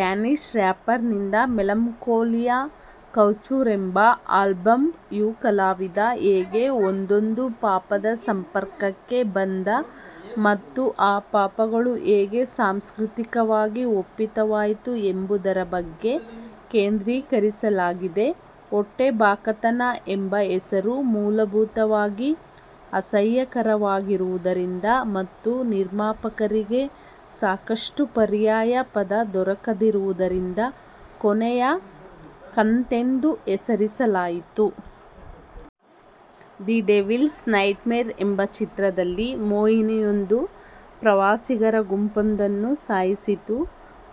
Danish rapper ನಿಂದ Melancholia / couture ಎಂಬ album... ಯು ಕಲಾವಿದ ಹೇಗೆ ಒಂದೊಂದು ಪಾಪದ ಸಂಪರ್ಕಕ್ಕೆ ಬಂದ ಮತ್ತು ಆ ಪಾಪಗಳು ಹೇಗೆ ಸಾಂಸ್ಕ್ರತಿಕವಾಗಿ ಒಪ್ಪಿತವಾಯಿತು ಎಂಬುದರ ಬಗ್ಗೆ ಕೇಂದ್ರೀಕರಿಸಲಾಗಿದೆ. ಹೊಟ್ಟೆಬಾಕತನ ಎಂಬ ಹೆಸರು ಮೂಲಭೂತವಾಗಿ ಅಸಹ್ಯಕರವಾಗಿರುವುದರಿಂದ ಮತ್ತು ನಿರ್ಮಾಪಕರಿಗೆ ಸಾಕಷ್ಟು ಪರ್ಯಾಯ ಪದ ದೊರಕದಿರುವುದರಿಂದ ಕೊನೆಯ ಕಂತೆಂದು ಹೆಸರಿಸಲಾಯಿತು. ದಿ ಡೆವಿಲ್ಸ್ ನೈಟ್ಮೇರ್ ಎಂಬ ಚಿತ್ರದಲ್ಲಿ ಮೋಹಿನಿಯೊಂದು ಪ್ರವಾಸಿಗರ ಗುಂಪೊಂದನ್ನು ಸಾಯಿಸಿತು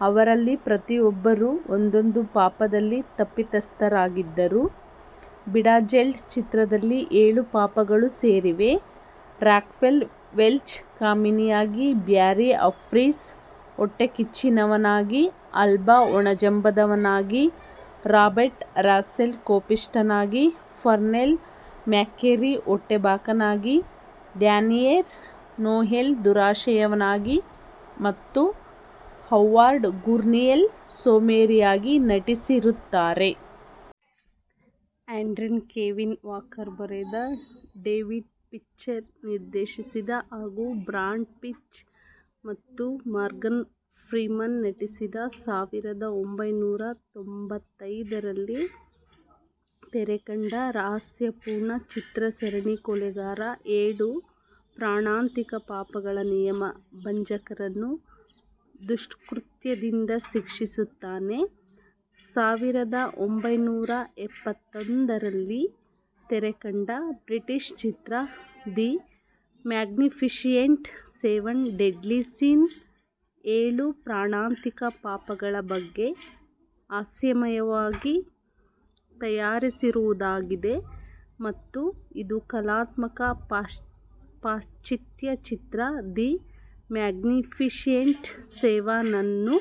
ಅವರಲ್ಲಿ ಪ್ರತಿಯೊಬ್ಬರೂ ಒಂದೊಂದು ಪಾಪದಲ್ಲಿ ತಪಿತಸ್ಥರಾಗಿದ್ದರು. ಬಿಡಾಜಲ್ಡ್ ಚಿತ್ರದಲ್ಲಿ ಏಳು ಪಾಪಗಳೂ ಸೇರಿವೆ; ರಾಕ್ವೆಲ್ ವೆಲ್ಚ್ ಕಾಮಿಯಾಗಿ, ಬ್ಯಾರ್ರಿ ಹಂಫ್ರೀಸ್ ಹೊಟ್ಟೆಕಿಚ್ಚಿನವನಾಗಿ, ಆಲ್ಬಾ ಒಣಜಂಬದವನಾಗಿ, ರಾಬರ್ಟ್ ರಸ್ಸೆಲ್ ಕೋಪಿಷ್ಟನಾಗಿ, ಪಾರ್ನೆಲ್ಲ್ ಮ್ಯಾಕ್ಗ್ಯಾರಿ ಹೊಟ್ಟೆಬಾಕನಾಗಿ, ಡ್ಯಾನೀಯಲ್ ನೋಯೆಲ್ ದುರಾಶೆಯವನಾಗಿ ಮತ್ತು ಹೌವಾರ್ಡ್ ಗೂರ್ನಿಯ್ ಸೋಮಾರಿಯಾಗಿ ನಟಿಸಿರುತ್ತಾರೆ. ಆಂಡ್ರಿವ್ ಕೆವಿನ್ ವಾಕರ್ ಬರೆದ, ಡೇವಿಡ್ ಫಿಂಚರ್ ನಿರ್ದೇಶಿಸಿದ ಹಾಗೂ ಬ್ರಾಡ್ ಪಿಟ್ ಮತ್ತು ಮಾರ್ಗನ್ ಫ್ರೀಮನ್ ನಟಿಸಿದ, ಸಾವಿರದ ಒಂಭೈನೂರ ತೊಂಬತ್ತೈದರಲ್ಲಿ ತೆರೆಕಂಡ ರಹಸ್ಯಪೂರ್ಣ ಚಿತ್ರ ಸರಣಿ ಕೊಲೆಗಾರ ಏಳು ಪ್ರಾಣಾಂತಿಕ ಪಾಪಗಳ ನಿಯಮ ಭಂಜಕರನ್ನು ದುಷ್ಕೃತ್ಯದಿಂದ ಶಿಕ್ಷಿಸುತ್ತಾನೆ. ಸಾವಿರದ ಒಂಭೈನೂರ ಎಪ್ಪತ್ತೊಂದರಲ್ಲಿ ತೆರೆಕಂಡ ಬ್ರಿಟಿಷ ಚಿತ್ರ the magnificent seven deadly sins ಏಳು ಪ್ರಾಣಾಂತಿಕ ಪಾಪಗಳ ಬಗ್ಗೆ ಹಾಸ್ಯಮಯವಾಗಿ ತಯಾರಿಸಿರುವುದಾಗಿದೆ ಮತ್ತು ಇದು ಕಲಾತ್ಮಕ ಪಾಶ್ಚಾತ್ಯ ಚಿತ್ರ ದಿ ಮ್ಯಾಗ್ನೀಫಿಷಿಯಂಟ್ ಸೆವೆನ್ ನನ್ನು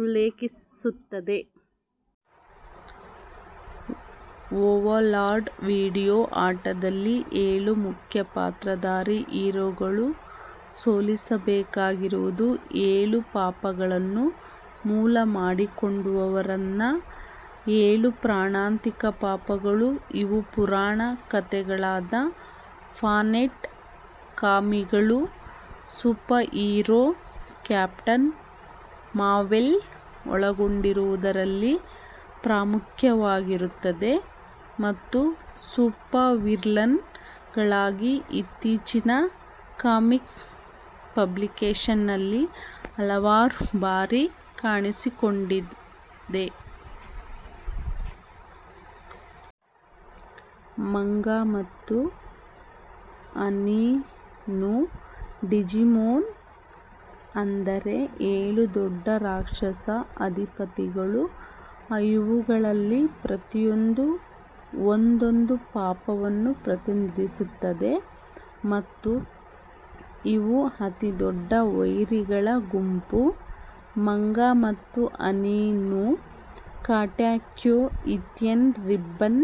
ಉಲ್ಲೇಖಿಸುತ್ತದೆ. ಓವರ್ಲಾರ್ಡ್ ವೀಡಿಯೋ ಆಟದಲ್ಲಿ, ಏಳು ಮುಖ್ಯಪಾತ್ರದಾರಿ ಹೀರೋಗಳು ಸೋಲಿಸಬೇಕಾಗಿರುವುದು ಏಳು ಪಾಪಗಳನ್ನು ಮೂಲ ಮಾಡಿಕೊಂಡಿರುವವರನ್ನ. ಏಳು ಪ್ರಾಣಾಂತಿಕ ಪಾಪಗಳು, ಇವು ಪುರಾಣ ಕಥೆಗಳಾದ ಫಾವ್ಸೆಟ್/ ಕಾಮಿಕ್ಗಳು ಸೂಪರ್ಹೀರೋ ಕ್ಯಾಪ್ಟನ್ ಮಾರ್ವೆಲ್ ಒಳಗೊಂಡಿರುವುದರಲ್ಲಿ ಪ್ರಾಮುಖ್ಯವಾಗಿರುತ್ತದೆ ಮತ್ತು ಸೂಪರ್ವಿಲ್ಲನ್ ಗಳಾಗಿ ಇತ್ತೀಚಿನ ಕಾಮಿಕ್ಸ್ ಪಬ್ಲಿಕೇಷನ್ಸ್ ನಲ್ಲಿ ಹಲವಾರು ಬಾರಿ ಕಾಣಿಸಿಕೊಂಡಿದೆ. ಮಂಗಾ ಮತ್ತು ಅನೀಮ್ನ ಡಿಜಿಮೊನ್ ಅಂದರೆ ಏಳು ದೊಡ್ಡ ರಾಕ್ಷಸ ಅಧಿಪತಿಗಳು, ಇವುಗಳಲ್ಲಿ ಪ್ರತಿಯೊಂದೂ ಒಂದೊಂದು ಪಾಪವನ್ನು ಪ್ರತಿನಿಧಿಸುತ್ತದೆ, ಮತ್ತು ಇವು ಅತಿ ದೊಡ್ಡ ವೈರಿಗಳ ಗುಂಪು. ಮಂಗಾ ಮತ್ತು ಅನೀಮ್ನ ಕಟೇಕ್ಯೋ ಹಿಟ್ಮ್ಯಾನ್ ರೀಬಾರ್ನ್,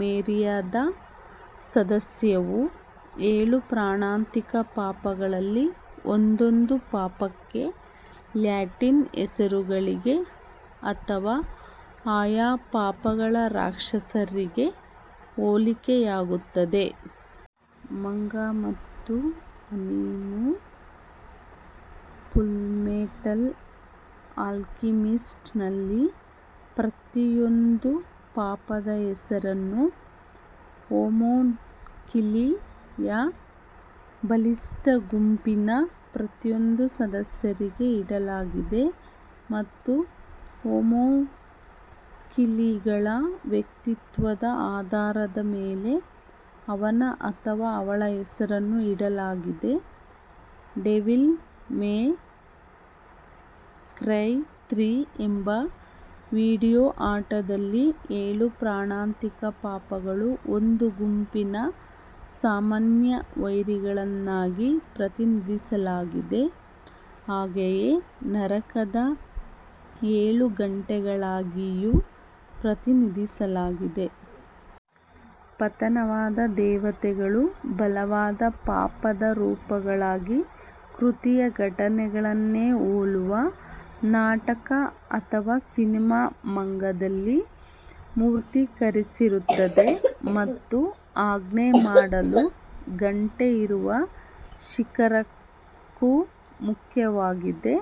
ವೇರಿಯಾದ ಸದಸ್ಯವು, ಏಳು ಪ್ರಾಣಾಂತಿಕ ಪಾಪಗಳಲ್ಲಿ ಒಂದೊಂದು ಪಾಪಕ್ಕೆ, ಲ್ಯಾಟಿನ್ ಹೆಸರುಗಳಿಗೆ ಅಥವಾ ಆಯಾ ಪಾಪಗಳ ರಾಕ್ಷಸರಿಗೆ ಹೋಲಿಕೆಯಾಗುತ್ತದೆ. ಮಂಗಾ ಮತ್ತು ಅನೀಮ್ನ ಫುಲ್ಮೆಟಲ್ ಆಲ್ಕೆಮಿಸ್ಟ್ ನಲ್ಲಿ ಪ್ರತಿಯೊಂದು ಪಾಪದ ಹೆಸರನ್ನು "ಹೋಮೂನ್ಕೂಲಿ" ಯ ಬಲಿಷ್ಟ ಗುಂಪಿನ ಪ್ರತಿಯೊಂದು ಸದಸ್ಯರಿಗೆ ಇಡಲಾಗಿದೆ ಮತ್ತು ಹೋಮೂನ್ಕೂಲಿಗಳ ವ್ಯಕ್ತಿತ್ವದ ಆಧಾರದ ಮೇಲೆ ಅವನ ಅಥವಾ ಅವಳ ಹೆಸರನ್ನು ಇಡಲಾಗಿದೆ. ದೆವಿಲ್ ಮೇ ಕ್ರೈ ತ್ರೀ ಎಂಬ ವೀಡಿಯೋ ಆಟದಲ್ಲಿ, ಏಳು ಪ್ರಾಣಾಂತಿಕ ಪಾಪಗಳನ್ನು ಒಂದು ಗುಂಪಿನ ಸಾಮಾನ್ಯ ವೈರಿಯನ್ನಾಗಿ ಪ್ರತಿನಿಧಿಸಲಾಗಿದೆ ಹಾಗೆಯೇ ನರಕದ ಏಳು ಘಂಟೆಗಳಾಗಿಯೂ ಪ್ರತಿನಿಧಿಸಲಾಗಿದೆ. ಪತನವಾದ ದೇವತೆಗಳು ಬಲವಾದ ಪಾಪದ ರೂಪಗಳಾಗಿ ಕೃತಿಯ ಘಟನೆಗಳನ್ನೇ ಹೋಲುವ ನಾಟಕ ಅಥವಾ ಸಿನಿಮಾ ಮಂಗಾದಲ್ಲಿ ಮೂರ್ತಿಕರಿಸಿರುತ್ತದೆ ಮತ್ತು ಆಜ್ಞೆ ಮಾಡಲು ಘಂಟೆ ಇರುವ ಶಿಖರಕ್ಕೂ ಮುಖ್ಯವಾಗಿದೆ.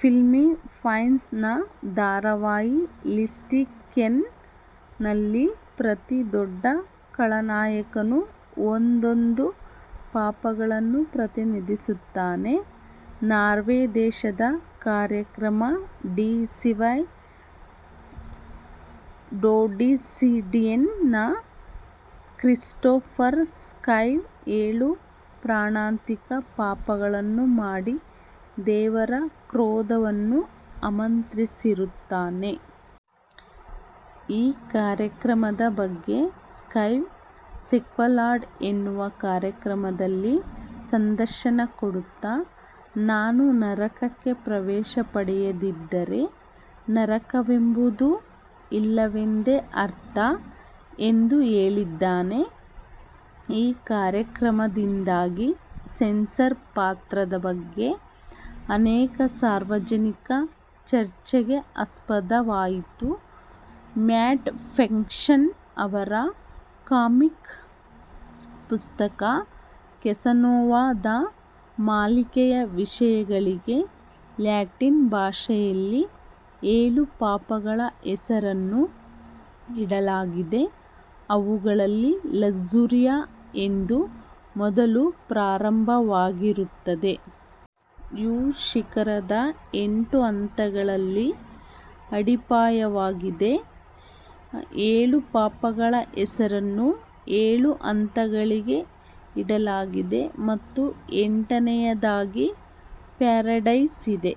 ಫಿಲ್ಲೀಪೈನ್ಸ್ ನ ಧಾರಾವಾಹಿ ಲಸ್ಟಿಕ್ಮ್ಯಾನ್ ನಲ್ಲಿ ಪ್ರತಿ ದೊಡ್ಡ ಖಳನಾಯಕನೂ ಒಂದೊಂದು ಪಾಪಗಳನ್ನು ಪ್ರತಿನಿಧಿಸುತ್ತಾನೆ. ನಾರ್ವೇ ದೇಶದ ಕಾರ್ಯಕ್ರಮ ಡಿ ಸಿವ್ ಡೋಡಿಸಿಂಡೀನ್ ನ ಕ್ರಿಸ್ಟೋಫರ್ ಸ್ಕಾವ್ ಏಳು ಪ್ರಾಣಾಂತಿಕ ಪಾಪಗಳನ್ನು ಮಾಡಿ ದೇವರ ಕ್ರೋಧವನ್ನು ಆಮಂತ್ರಿಸಿಸುತ್ತಾನೆ. ಈ ಕಾರ್ಯಕ್ರಮದ ಬಗ್ಗೆ ಸ್ಕಾವ್, ಸೆಂಕ್ವೆಲ್ಡ್ ಎನ್ನುವ ಕಾರ್ಯಕ್ರಮದಲ್ಲಿ ಸಂದರ್ಶನ ಕೊಡುತ್ತ, "ನಾನು ನರಕಕ್ಕೆ ಪ್ರವೇಶ ಪಡೆಯದಿದ್ದರೆ ನರಕವೆಂಬುದು ಇಲ್ಲವೆಂದೇ ಅರ್ಥ" ಎಂದು ಹೇಳಿದ್ದಾನೆ. ಈ ಕಾರ್ಯಕ್ರಮದಿಂದಾಗಿ ಸೆನ್ಸಾರ್ ಪಾತ್ರದ ಬಗ್ಗೆ ಅನೇಕ ಸಾರ್ವಜನಿಕ ಚರ್ಚೆಗೆ ಆಸ್ಪದವಾಯಿತು. ಮ್ಯಾಟ್ ಫ್ರ್ಯಾಕ್ಷನ್ ನವರ ಕಾಮಿಕ್ ಪುಸ್ತಕ ಕ್ಯಾಸನೋವ ದ ಮಾಲಿಕೆಯ ವಿಷಯಗಳಿಗೆ ಲ್ಯಾಟಿನ್ ಭಾಷೆಯಲ್ಲಿ ಏಳು ಪಾಪಗಳ ಹೆಸರನ್ನು ಇಡಲಾಗಿದೆ ಅವುಗಳಲ್ಲಿ ಲಕ್ಸ್ಯೂರಿಯಾ ಎಂದು ಮೊದಲು ಪ್ರಾರಂಭವಾಗಿರುತ್ತದೆ.: ವೂ ಶಿಖರದ ಎಂಟು ಹಂತಗಳಲ್ಲಿ ಅಡಿಪಾಯವಾಗಿದೆ, ಏಳು ಪಾಪಗಳ ಹೆಸರನ್ನು ಏಳು ಹಂತಗಳಿಗೆ ಇಡಲಾಗಿದೆ ಮತ್ತು ಎಂಟನೆಯದಾಗಿ ಪ್ಯಾರಡೈಸ್ ಇದೆ.